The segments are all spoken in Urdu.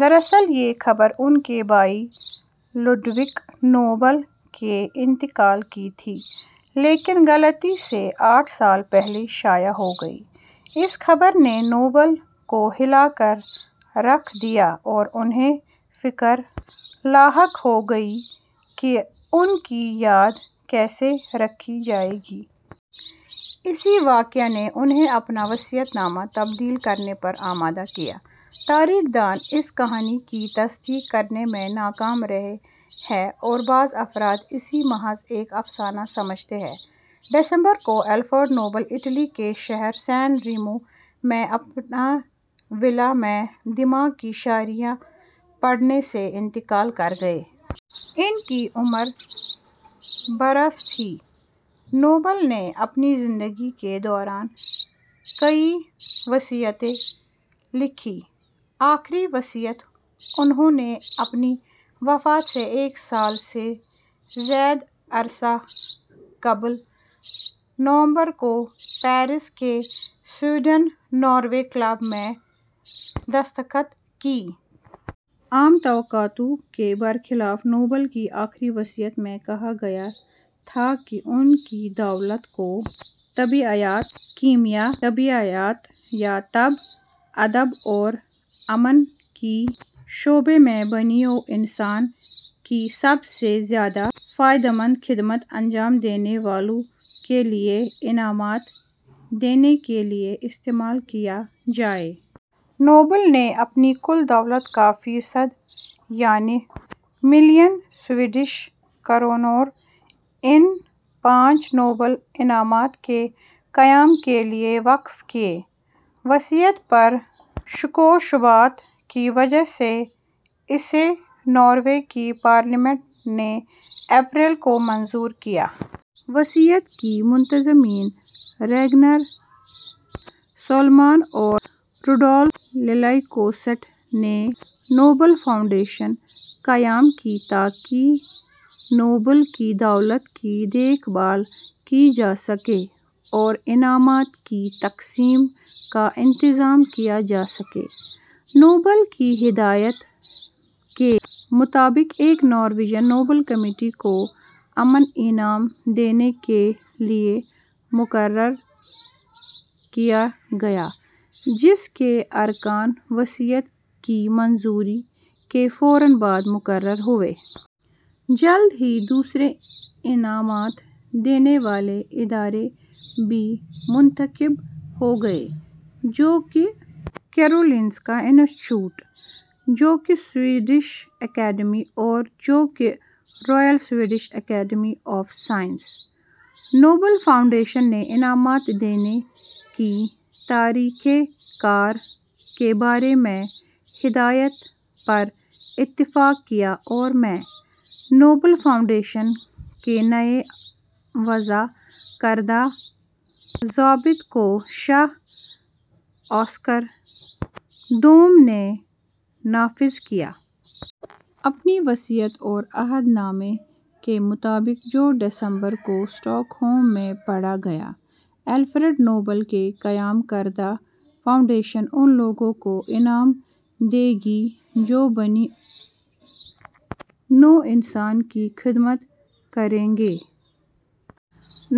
دراصل یہ خبر ان کے بھائی لوڈوگ نوبل کے انتقال کی تھی، لیکن غلطی سے آٹھ سال پہلے شائع ہو گئی۔ اس خبر نے نوبل کو ہلا کر رکھ دیا اور انھیں فکر لاحق ہو گئی کہ ان کی یاد کیسے رکھی جائے گی۔ اسی واقعے نے انھیں اپنا وصیت نامہ تبدیل کرنے پر آمادہ کیا۔ تاریخ دان اس کہانی کی تصدیق کرنے میں ناکام رہے ہیں اور بعض افراد اسے محض ایک افسانہ سمجھتے ہیں۔ دسمبر کو، الفریڈ نوبل اٹلی کے شہر سان ریمو میں اپنے ولا میں دماغ کی شریان پھٹنے سے انتقال کر گئے۔ ان کی عمر برس تھی۔ نوبل نے اپنی زندگی کے دوران کئی وصیتیں لکھیں۔ آخری وصیت انھوں نے اپنی وفات سے ایک سال سے زائد عرصہ قبل، نومبر کو پیرس کے سوئیڈش-ناروے کلب میں دستخط کی۔ عام توقعات کے برخلاف، نوبل کی آخری وصیت میں کہا گیا تھا کہ ان کی دولت کو طبیعیات ، کیمیا ، طبیعیات یا طب ، ادب اور امن کے شعبوں میں بنی نوع انسان کی "سب سے زیادہ فائدہ مند" خدمات سر انجام دینے والوں کے لیے انعامات دینے کے لیے استعمال کیا جائے۔ نوبل نے اپنی کل دولت کا فیصد، یعنی ملین سویڈش کرونر ، ان پانچ نوبل انعامات کے قیام کے لیے وقف کیا۔ وصیت پر شکوک و شبہات کی وجہ سے اسے ناروے کی پارلیمنٹ نے اپریل کو منظور کیا۔ وصیت کے منتظمین، راگنر سولمان اور روڈولف للیکوسٹ، نے نوبل فاونڈیشن قائم کی تاکہ نوبل کی دولت کی دیکھ بھال کی جا سکے اور انعامات کی تقسیم کا انتظام کیا جا سکے۔ نوبل کی ہدایت کے مطابق، ایک نارویجن نوبل کمیٹی کو امن انعام دینے کے لیے مقرر کیا گیا، جس کے ارکان وصیت کی منظوری کے فوراً بعد مقرر ہوئے۔ جلد ہی دوسرے انعامات دینے والے ادارے بھی منتخب ہو گئے۔ جون کو کیرولنسکا انسٹیٹیوٹ ، جون کو سوئیڈش اکیڈمی اور جون کو Royal Swedish Academy of Sciences. Nobel Foundation نے انعامات دینے کے طریقہ کار کے بارے میں ہدایات پر اتفاق کیا اور میں، نوبل فاؤنڈیشن کے نئے وضع کردہ ضوابط کو شاہ اوسکر دوم نے نافذ کیا۔ اپنی وصیت اور عہد نامے کے مطابق، جو دسمبر کو اسٹاک ہوم میں پڑھا گیا، الفریڈ نوبل کی قائم کردہ فاؤنڈیشن اُن لوگوں کو انعام دے گی جو بنی نوع انسان کی خدمت کریں گے۔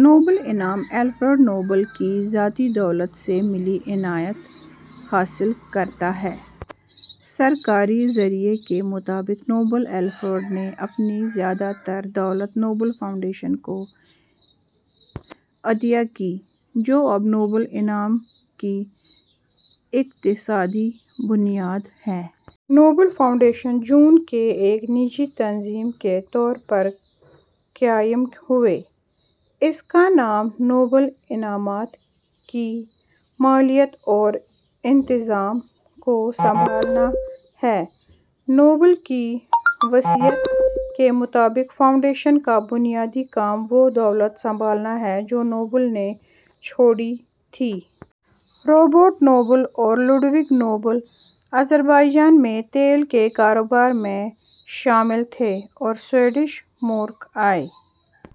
نوبل انعام، الفریڈ نوبل کی ذاتی دولت سے مالی اعانت حاصل کرتا ہے۔ سرکاری ذرائع کے مطابق، الفریڈ نوبل نے اپنی زیادہ تر دولت نوبل فاؤنڈیشن کو عطیہ کی، جو اب نوبل انعام کی اقتصادی بنیاد ہے۔ ۔ نوبل فاونڈیشن جون کو ایک نجی تنظیم کے طور پر قائم ہوئی۔ اس کا کام نوبل انعامات کی مالیات اور انتظام کو سنبھالنا ہے۔ نوبل کی وصیت کے مطابق، فاؤنڈیشن کا بنیادی کام وہ دولت سنبھالنا ہے جو نوبل نے چھوڑی تھی۔ رابرٹ نوبل اور لڈوگ نوبل آذربائیجان میں تیل کے کاروبار میں شامل تھے اور سویڈش مؤرخ ای.